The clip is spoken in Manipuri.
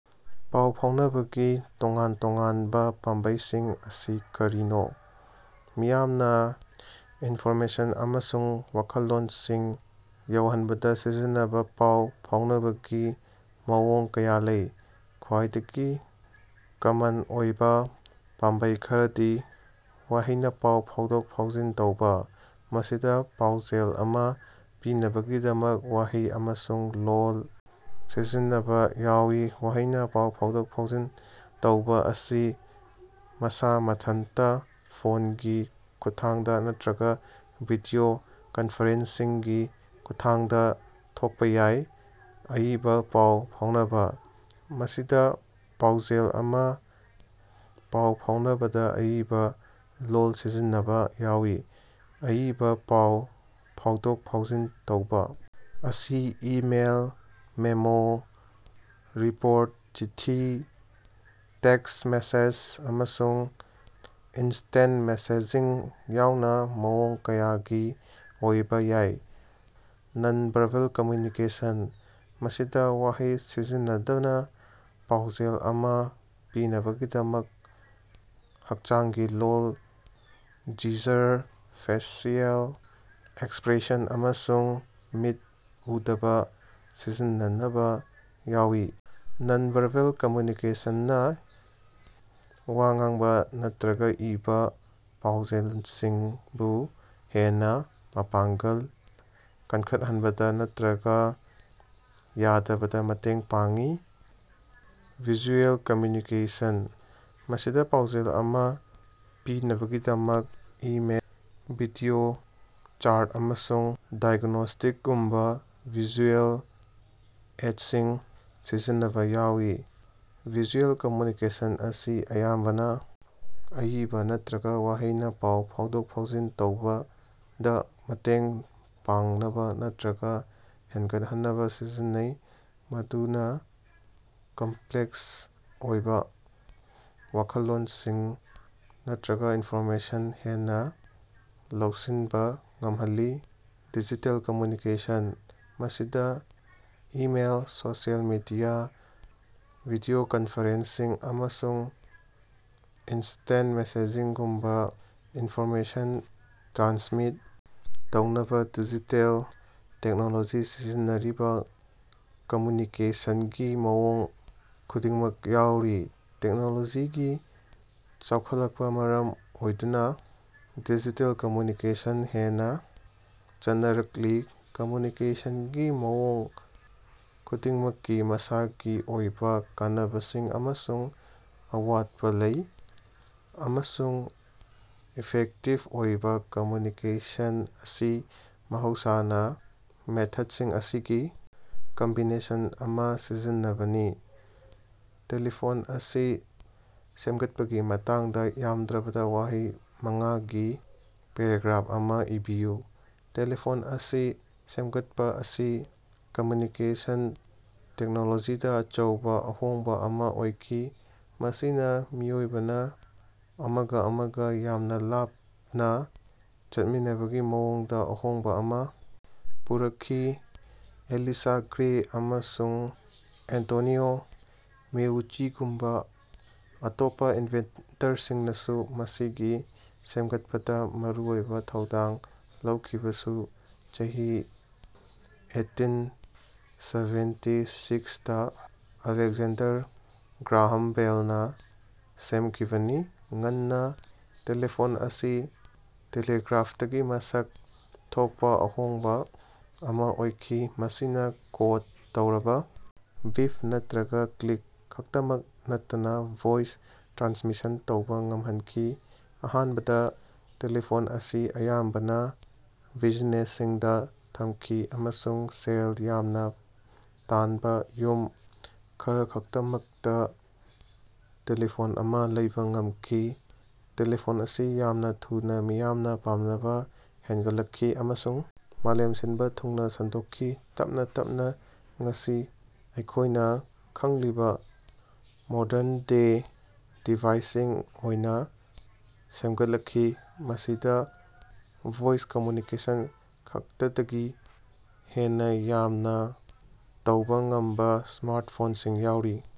ꯄꯥꯎ ꯐꯥꯎꯅꯕꯒꯤ ꯇꯣꯉꯥꯟ-ꯇꯣꯉꯥꯟꯕ ꯄꯥꯝꯕꯩꯁꯤꯡ ꯑꯁꯤ ꯀꯔꯤꯅꯣ? ꯃꯤꯌꯥꯝꯅ ꯏꯟꯐꯣꯔꯃꯦꯁꯟ ꯑꯃꯁꯨꯡ ꯋꯥꯈꯜꯂꯣꯟꯁꯤꯡ ꯌꯧꯍꯟꯕꯗ ꯁꯤꯖꯤꯟꯅꯕ ꯄꯥꯎ ꯐꯥꯎꯅꯕꯒꯤ ꯃꯑꯣꯡ ꯀꯌꯥ ꯂꯩ꯫ ꯈ꯭ꯋꯥꯏꯗꯒꯤ ꯀꯃꯟ ꯑꯣꯏꯕ ꯄꯥꯝꯕꯩ ꯈꯔꯗꯤ: ꯋꯥꯍꯩꯅ ꯄꯥꯎ ꯐꯥꯎꯗꯣꯛ-ꯐꯥꯎꯖꯤꯟ ꯇꯧꯕ: ꯃꯁꯤꯗ ꯄꯥꯎꯖꯦꯜ ꯑꯃ ꯄꯤꯅꯕꯒꯤꯗꯃꯛ ꯋꯥꯍꯩ ꯑꯃꯁꯨꯡ ꯂꯣꯜ ꯁꯤꯖꯤꯟꯅꯕ ꯌꯥꯎꯏ꯫ ꯋꯥꯍꯩꯅ ꯄꯥꯎ ꯐꯥꯎꯗꯣꯛ-ꯐꯥꯎꯖꯤꯟ ꯇꯧꯕ ꯑꯁꯤ ꯃꯁꯥ ꯃꯊꯟꯇ, ꯐꯣꯟꯒꯤ ꯈꯨꯠꯊꯥꯡꯗ ꯅꯠꯇ꯭ꯔꯒ ꯚꯤꯗꯤꯑꯣ ꯀꯟꯐꯔꯦꯟꯁꯤꯡꯒꯤ ꯈꯨꯠꯊꯥꯡꯗ ꯊꯣꯛꯄ ꯌꯥꯏ꯫ ꯑꯏꯕ ꯄꯥꯎ ꯐꯥꯎꯅꯕ: ꯃꯁꯤꯗ ꯄꯥꯎꯖꯦꯜ ꯑꯃ ꯄꯥꯎ ꯐꯥꯎꯅꯕꯗ ꯑꯏꯕ ꯂꯣꯜ ꯁꯤꯖꯤꯟꯅꯕ ꯌꯥꯎꯏ꯫ ꯑꯏꯕ ꯄꯥꯎ ꯐꯥꯎꯗꯣꯛ-ꯐꯥꯎꯖꯤꯟ ꯇꯧꯕ ꯑꯁꯤ ꯏꯃꯦꯜ, ꯃꯦꯃꯣ, ꯔꯤꯄꯣꯔꯠ, ꯆꯤꯊꯤ, ꯇꯦꯛꯁ ꯃꯦꯁꯦꯖ, ꯑꯃꯁꯨꯡ ꯏꯟꯁꯇꯦꯟꯇ ꯃꯦꯁꯦꯖꯤꯡ ꯌꯥꯎꯅ ꯃꯑꯣꯡ ꯀꯌꯥꯒꯤ ꯑꯣꯏꯕ ꯌꯥꯏ꯫ ꯅꯟ-ꯚꯥꯔꯕꯦꯜ ꯀꯝꯃ꯭ꯌꯨꯅꯤꯀꯦꯁꯟ: ꯃꯁꯤꯗ ꯋꯥꯍꯩ ꯁꯤꯖꯤꯟꯅꯗꯅ ꯄꯥꯎꯖꯦꯜ ꯑꯃ ꯄꯤꯅꯕꯒꯤꯗꯃꯛ ꯍꯛꯆꯥꯡꯒꯤ ꯂꯣꯜ, ꯖꯤꯖꯔ, ꯐꯦꯁꯤꯑꯦꯜ ꯑꯦꯛꯁꯄ꯭ꯔꯦꯁꯟ ꯑꯃꯁꯨꯡ ꯃꯤꯠ ꯎꯗꯕ ꯁꯤꯖꯤꯟꯅꯕ ꯌꯥꯎꯏ꯫ ꯅꯟ-ꯚꯥꯔꯕꯦꯜ ꯀꯝꯃ꯭ꯌꯨꯅꯤꯀꯦꯁꯟꯅ ꯋꯥ ꯉꯥꯡꯕ ꯅꯠꯇ꯭ꯔꯒ ꯏꯕꯥ ꯄꯥꯎꯖꯦꯝꯁꯤꯡꯕꯨ ꯍꯦꯟꯅ ꯃꯄꯥꯡꯒꯜ ꯀꯟꯈꯠꯍꯟꯕꯗ ꯅꯠꯇ꯭ꯔꯒ ꯌꯥꯗꯕꯗ ꯃꯇꯦꯡ ꯄꯥꯡꯏ꯫ ꯚꯤꯖꯨꯑꯦꯜ ꯀꯝꯃ꯭ꯌꯨꯅꯤꯀꯦꯁꯟ: ꯃꯁꯤꯗ ꯄꯥꯎꯖꯦꯜ ꯑꯃ ꯄꯤꯅꯕꯒꯤꯗꯃꯛ ꯏꯃꯦꯖ, ꯚꯤꯗꯤꯑꯣ, ꯆꯥꯔꯠ, ꯑꯃꯁꯨꯡ ꯗꯥꯏꯒ꯭ꯅꯣꯁꯇꯤꯛꯒꯨꯝꯕ ꯚꯤꯖꯨꯑꯦꯜ ꯑꯦꯗꯁꯤꯡ ꯁꯤꯖꯤꯟꯅꯕ ꯌꯥꯎꯏ꯫ ꯚꯤꯖꯨꯑꯦꯜ ꯀꯝꯃ꯭ꯌꯨꯅꯤꯀꯦꯁꯟ ꯑꯁꯤ ꯑꯌꯥꯝꯕꯅ ꯑꯏꯕ ꯅꯠꯇ꯭ꯔꯒ ꯋꯥꯍꯩꯅ ꯄꯥꯎ ꯐꯥꯎꯗꯣꯛ-ꯐꯥꯎꯖꯤꯟ ꯇꯧꯕꯗ ꯃꯇꯦꯡ ꯄꯥꯡꯅꯕ ꯅꯠꯇ꯭ꯔꯒ ꯍꯦꯟꯒꯠꯍꯟꯅꯕ ꯁꯤꯖꯤꯟꯅꯩ, ꯃꯗꯨꯅ ꯀꯝꯄ꯭ꯂꯦꯛꯁ ꯑꯣꯏꯕ ꯋꯥꯈꯜꯂꯣꯟꯁꯤꯡ ꯅꯠꯇ꯭ꯔꯒ ꯏꯟꯐꯣꯔꯃꯦꯁꯟ ꯍꯦꯟꯅ ꯂꯧꯁꯤꯟꯕ ꯉꯝꯍꯜꯂꯤ꯫ ꯗꯤꯖꯤꯇꯦꯜ ꯀꯝꯃ꯭ꯌꯨꯅꯤꯀꯦꯁꯟ: ꯃꯁꯤꯗ email, social media, video conferencing, ꯑꯃꯁꯨꯡ ꯏꯟꯁꯇꯦꯟꯇ ꯃꯦꯁꯦꯖꯤꯡꯒꯨꯝꯕ ꯏꯟꯐꯣꯔꯃꯦꯁꯟ ꯇ꯭ꯔꯥꯟꯁꯃꯤꯠ ꯇꯧꯅꯕ ꯗꯤꯖꯤꯇꯦꯜ ꯇꯦꯛꯅꯣꯂꯣꯖꯤ ꯁꯤꯖꯤꯟꯅꯔꯤꯕ ꯀꯝꯃ꯭ꯌꯨꯅꯤꯀꯦꯁꯟꯒꯤ ꯃꯑꯣꯡ ꯈꯨꯗꯤꯡꯃꯛ ꯌꯥꯎꯔꯤ꯫ ꯇꯦꯛꯅꯣꯂꯣꯖꯤꯒꯤ ꯆꯥꯎꯈꯠꯂꯛꯄꯅ ꯃꯔꯝ ꯑꯣꯏꯗꯨꯅ ꯗꯤꯖꯤꯇꯦꯜ ꯀꯝꯃ꯭ꯌꯨꯅꯤꯀꯦꯁꯟ ꯍꯦꯟꯅ ꯆꯠꯅꯔꯛꯂꯤ꯫ ꯀꯝꯃ꯭ꯌꯨꯅꯤꯀꯦꯁꯟꯒꯤ ꯃꯑꯣꯡ ꯈꯨꯗꯤꯡꯃꯛꯀꯤ ꯃꯁꯥꯒꯤ ꯑꯣꯏꯕ ꯀꯥꯟꯅꯕꯁꯤꯡ ꯑꯃꯁꯨꯡ ꯑꯋꯥꯠꯄ ꯂꯩ, ꯑꯃꯁꯨꯡ ꯏꯐꯦꯛꯇꯤꯚ ꯑꯣꯏꯕ ꯀꯝꯃ꯭ꯌꯨꯅꯤꯀꯦꯁꯟ ꯑꯁꯤ ꯃꯍꯧꯁꯥꯅ ꯃꯦꯊꯗꯁꯤꯡ ꯑꯁꯤꯒꯤ ꯀꯝꯕꯤꯅꯦꯁꯟ ꯑꯃ ꯁꯤꯖꯤꯟꯅꯕꯅꯤ꯫ ꯇꯦꯂꯤꯐꯣꯟ ꯑꯁꯤ ꯁꯦꯝꯒꯠꯄꯒꯤ ꯃꯇꯥꯡꯗ ꯌꯥꯝꯗ꯭ꯔꯕꯗ ꯋꯥꯍꯩ ꯃꯉꯥꯒꯤ ꯄꯦꯔꯥꯒ꯭ꯔꯥꯐ ꯑꯃ ꯏꯕꯤꯌꯨ꯫ ꯇꯦꯂꯤꯐꯣꯟ ꯑꯁꯤ ꯁꯦꯝꯒꯠꯄ ꯑꯁꯤ ꯀꯝꯃ꯭ꯌꯨꯅꯤꯀꯦꯁꯟ ꯇꯦꯛꯅꯣꯂꯣꯖꯤꯗ ꯑꯆꯧꯕ ꯑꯍꯣꯡꯕ ꯑꯃ ꯑꯣꯏꯈꯤ, ꯃꯁꯤꯅ ꯃꯤꯑꯣꯏꯕꯅ ꯑꯃꯒ ꯑꯃꯒ ꯌꯥꯝꯅ ꯂꯥꯞꯅ ꯆꯠꯃꯤꯟꯅꯕꯒꯤ ꯃꯑꯣꯡꯗ ꯑꯍꯣꯡꯕ ꯑꯃ ꯄꯨꯔꯛꯈꯤ꯫ ꯑꯦꯂꯤꯁꯥ ꯒ꯭ꯔꯦ ꯑꯃꯁꯨꯡ ꯑꯦꯟꯇꯣꯅꯤꯑꯣ ꯃꯦꯎꯆꯤꯒꯨꯝꯕ ꯑꯇꯣꯞꯄ ꯏꯟꯚꯦꯟꯇꯔꯁꯤꯡꯅꯁꯨ ꯃꯁꯤꯒꯤ ꯁꯦꯝꯒꯠꯄꯗ ꯃꯔꯨꯑꯣꯏꯕ ꯊꯧꯗꯥꯡ ꯂꯧꯈꯤꯕꯁꯨ ꯆꯍꯤ eighteen seventy six Alexander Graham ꯕꯦꯜꯅ ꯁꯦꯝꯈꯤꯕꯅꯤ꯫ ꯉꯟꯅ ꯇꯦꯂꯤꯐꯣꯟ ꯑꯁꯤ ꯇꯦꯂꯤꯒ꯭ꯔꯥꯐꯇꯒꯤ ꯃꯁꯛ ꯊꯣꯛꯄ ꯑꯍꯣꯡꯕ ꯑꯃ ꯑꯣꯏꯈꯤ; ꯃꯁꯤꯅ ꯀꯣꯗ ꯇꯧꯔꯕ ꯕꯤꯞ ꯅꯠꯇ꯭ꯔꯒ ꯀ꯭ꯂꯤꯛ ꯈꯛꯇꯃꯛ ꯅꯠꯇꯅ ꯚꯣꯏꯁ ꯇ꯭ꯔꯥꯟꯁꯃꯤꯁꯟ ꯇꯧꯕ ꯉꯝꯍꯟꯈꯤ꯫ ꯑꯍꯥꯟꯕꯗ ꯇꯦꯂꯤꯐꯣꯟ ꯑꯁꯤ ꯑꯌꯥꯝꯕꯅ ꯕꯤꯖꯤꯅꯦꯁꯁꯤꯡꯗ ꯊꯝꯈꯤ ꯑꯃꯁꯨꯡ ꯁꯦꯜ ꯌꯥꯝꯅ ꯇꯥꯟꯕ ꯌꯨꯝ ꯈꯔꯈꯛꯇꯗ ꯇꯦꯂꯤꯐꯣꯟ ꯑꯃ ꯂꯩꯕ ꯉꯝꯈꯤ꯫ ꯇꯦꯂꯤꯐꯣꯟ ꯑꯁꯤ ꯌꯥꯝꯅ ꯊꯨꯅ ꯃꯤꯌꯥꯝꯅ ꯄꯥꯝꯅꯕ ꯍꯦꯟꯒꯠꯂꯛꯈꯤ ꯑꯃꯁꯨꯡ ꯃꯥꯂꯦꯝ ꯁꯤꯟꯕ ꯊꯨꯡꯅ ꯁꯟꯗꯣꯛꯈꯤ, ꯇꯞꯅ ꯇꯞꯅ ꯉꯁꯤ ꯑꯩꯈꯣꯏꯅ ꯈꯪꯂꯤꯕ ꯃꯣꯗꯔꯟ ꯗꯦ ꯗꯤꯚꯥꯏꯁꯁꯤꯡ ꯑꯣꯏꯅ ꯁꯦꯝꯒꯠꯂꯛꯈꯤ, ꯃꯁꯤꯗꯥ ꯚꯣꯏꯁ ꯀꯝꯃ꯭ꯌꯨꯅꯤꯀꯦꯁꯟ ꯈꯛꯇꯗꯒꯤ ꯍꯦꯟꯅ ꯌꯥꯝꯅ ꯇꯧꯕ ꯉꯝꯕ ꯁ꯭ꯃꯥꯔꯇꯐꯣꯟꯁꯤꯡ ꯌꯥꯎꯔꯤ꯫